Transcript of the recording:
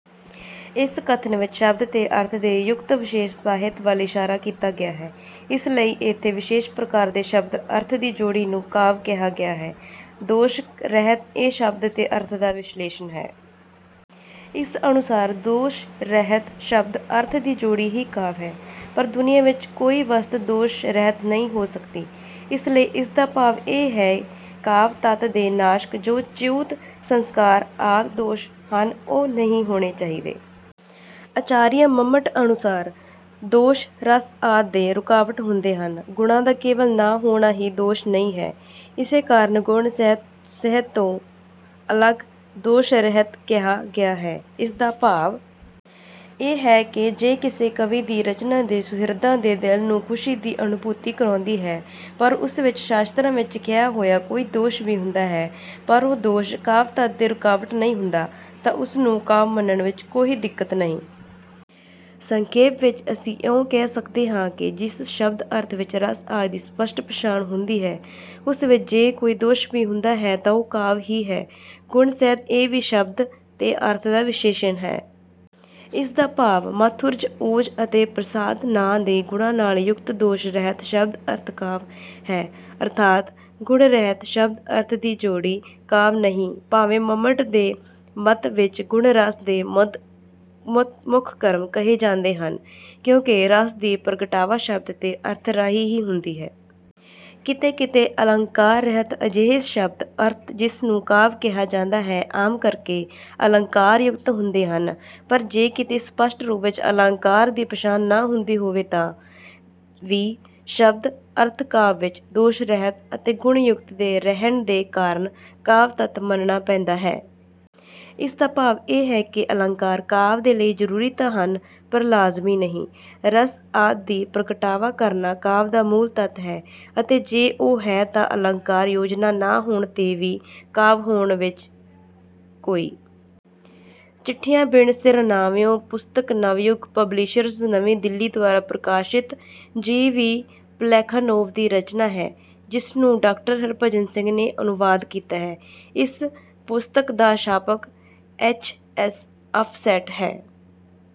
ਇਸ ਕਥਨ ਵਿੱਚ ਸ਼ਬਦ ਤੇ ਅਰਥ ਦੇ ਯੁਕਤ ਵਿਸ਼ੇਸ਼ ਸਾਹਿਤ ਵੱਲ ਇਸ਼ਾਰਾ ਕੀਤਾ ਗਿਆ ਹੈ। ਇਸ ਲਈ ਇਥੇ ਵਿਸ਼ੇਸ਼ ਪ੍ਰਕਾਰ ਦੇ ਸ਼ਬਦ ਅਰਥ ਦੀ ਜੋੜੀ ਨੂੰ ਕਾਵਿ ਕਿਹਾ ਗਿਆ ਹੈ। ਦੋਸ਼ ਰਹਿਤ ਇਹ ਸ਼ਬਦ ਤੇ ਅਰਥ ਦਾ ਵਿਸ਼ੇਸ਼ਣ ਹੈ। ਇਸ ਅਨੁਸਾਰ ਦੋਸ਼ ਰਹਿਤ ਸ਼ਬਦ ਅਰਥ ਦੀ ਜੋੜੀ ਹੀ ਕਾਵਿ ਹੈ। ਪਰ ਦੁਨੀਆਂ ਵਿਚ ਕੋਈ ਵਸਤ ਦੋਸ਼ ਰਹਿਤ ਨਹੀਂ ਹੋ ਸਕਦੀ। ਇਸ ਲਈ ਇਸ ਦਾ ਭਾਵ ਇਹ ਹੈ ਕਾਵਿ ਤੱਤ ਦੇ ਨਾਸ਼ਕ ਜੋ ਚਿਊਤ ਸੰਸਕਾਰ ਆਦਿ ਦੋਸ਼ ਹਨ ਉਹ ਨਹੀਂ ਹੋਣੇ ਚਾਹੀਦੇ। ਆਚਾਰੀਆ ਮੰਮਟ ਅਨੁਸਾਰ ਦੋਸ਼ ਰਸ ਆਦਿ ਦੇ ਰੁਕਾਵਟ ਹੁੰਦੇ ਹਨ ਗੁਣਾਂ ਦਾ ਕੇਵਲ ਨਾ ਹੋਣਾ ਹੀ ਦੋਸ਼ ਨਹੀਂ ਹੈ। ਇਸੇ ਕਾਰਨ ਗੁਣ ਸਹਿਤ ਤੋਂ ਅਲੱਗ ਦੋਸ਼ ਰਹਿਤ ਕਿਹਾ ਗਿਆ ਹੈ। ਇਸ ਦਾ ਭਾਵ ਇਹ ਹੈ ਕਿ ਜੇ ਕਿਸੇ ਕਵੀ ਦੀ ਰਚਨਾ ਦੇ ਸੁਹਿਰਦਾਂ ਦੇ ਦਿਲ ਨੂੰ ਖੁਸ਼ੀ ਦੀ ਅਨੁਭੂਤੀ ਕਰਾਉਂਦੀ ਹੈ ਪਰ ਉਸ ਵਿੱਚ ਸ਼ਾਸਤਰਾਂ ਵਿੱਚ ਕਿਹਾ ਹੋਇਆ ਕੋਈ ਦੋਸ਼ ਵੀ ਹੁੰਦਾ ਹੈ ਪਰ ਉਹ ਦੋਸ਼ ਕਾਵਿ ਤੱਤ ਦੇ ਰੁਕਾਵਟ ਨਹੀਂ ਹੁੰਦਾ ਤਾਂ ਉਸ ਨੂੰ ਕਾਵਿ ਮੰਨਣ ਵਿੱਚ ਕੋਈ ਦਿੱਕਤ ਨਹੀਂ। ਸੰਖੇਪ ਵਿੱਚ ਅਸੀਂ ਇਉਂ ਕਹਿ ਸਕਦੇ ਹਾਂ ਕਿ ਜਿਸ ਸ਼ਬਦ ਅਰਥ ਵਿੱਚ ਰਸ ਆਦਿ ਦੀ ਸਪਸ਼ਟ ਪਛਾਣ ਹੁੰਦੀ ਹੈ ਉਸ ਵਿੱਚ ਜੇ ਕੋਈ ਦੋਸ਼ ਵੀ ਹੁੰਦਾ ਹੈ ਤਾਂ ਉਹ ਕਾਵਿ ਹੀ ਹੈ। ਗੁਣ ਸਹਿਤ ਇਹ ਵੀ ਸ਼ਬਦ ਤੇ ਅਰਥ ਦਾ ਵਿਸ਼ੇਸ਼ਣ ਹੈ। ਇਸ ਦਾ ਭਾਵ ਮਾਧੁਰਜ ਓਜ ਅਤੇ ਪ੍ਰਸਾਦ ਨਾਂ ਦੇ ਗੁਣਾਂ ਨਾਲ ਯੁਕਤ ਦੋਸ਼ ਰਹਿਤ ਸ਼ਬਦ ਅਰਥ ਕਾਵਿ ਹੈ ਅਰਥਾਤ ਗੁਣ ਰਹਿਤ ਸ਼ਬਦ ਅਰਥ ਦੀ ਜੋੜੀ ਕਾਵਿ ਨਹੀਂ। ਭਾਵੇਂ ਮੰਮਟ ਦੇ ਮੱਤ ਵਿੱਚ ਗੁਣ ਰਸ ਦੇ ਮੁੱਖ ਧਰਮ ਕਹੇ ਜਾਂਦੇ ਹਨ ਕਿਉਂਕਿ ਰਸ ਦੀ ਪ੍ਰਗਟਾਵਾ ਸ਼ਬਦ ਤੇ ਅਰਥ ਰਾਹੀਂ ਹੀ ਹੁੰਦੀ ਹੈ। ਕਿਤੇ ਕਿਤੇ ਅਲੰਕਾਰ ਰਹਿਤ ਅਜਿਹੇ ਸ਼ਬਦ ਅਰਥ ਜਿਸ ਨੂੰ ਕਾਵਿ ਕਿਹਾ ਜਾਂਦਾ ਹੈ ਆਮ ਕਰਕੇ ਅਲੰਕਾਰ ਯੁਕਤ ਹੁੰਦੇ ਹਨ ਪਰ ਜੇ ਕਿਤੇ ਸਪਸ਼ਟ ਰੂਪ ਵਿੱਚ ਅਲੰਕਾਰ ਦੀ ਪਛਾਣ ਨਾ ਹੁੰਦੀ ਹੋਵੇ ਤਾਂ ਵੀ ਸ਼ਬਦ ਅਰਥ ਕਾਵਿ ਵਿੱਚ ਦੋਸ਼ ਰਹਿਤ ਅਤੇ ਗੁਣ ਯੁਕਤ ਦੇ ਰਹਿਣ ਦੇ ਕਾਰਨ ਕਾਵਿ ਤੱਤ ਮੰਨਣਾ ਪੈਂਦਾ ਹੈ। ਇਸ ਦਾ ਭਾਵ ਇਹ ਹੈ ਕਿ ਅਲੰਕਾਰ ਕਾਵਿ ਦੇ ਲਈ ਜ਼ਰੂਰੀ ਤਾਂ ਹਨ ਪਰ ਲਾਜ਼ਮੀ ਨਹੀਂ। ਰਸ ਆਦਿ ਦੀ ਪ੍ਰਗਟਾਵਾ ਕਰਨਾ ਕਾਵਿ ਦਾ ਮੂਲ ਤੱਤ ਹੈ ਅਤੇ ਜੇ ਉਹ ਹੈ ਤਾਂ ਅਲੰਕਾਰ ਯੋਜਨਾ ਨਾ ਹੋਣ ਤੇ ਵੀ ਕਾਵਿ ਹੋਣ ਵਿੱਚ ਕੋਈ। ਚਿੱਠੀਆਂ ਬਿਨ ਸਿਰਨਾਵਿਓਂ ਪੁਸਤਕ ਨਵਯੁਗ ਪਬਲਿਸ਼ਰਜ਼ ਨਵੀਂ ਦਿੱਲੀ ਦੁਆਰਾ ਪ੍ਰਕਾਸ਼ਿਤ ਜੀ ਵੀ ਪਲੈਖਾਨੋਵ ਦੀ ਰਚਨਾ ਹੈ ਜਿਸ ਨੂੰ ਡਾਕਟਰ ਹਰਿਭਜਨ ਸਿੰਘ ਨੇ ਅਨੁਵਾਦ ਕੀਤਾ ਹੈ। ਇਸ ਪੁਸਤਕ ਦਾ ਛਾਪਕ ਐਚ ਐਸ ਆਫਸੈਟ ਹੈ।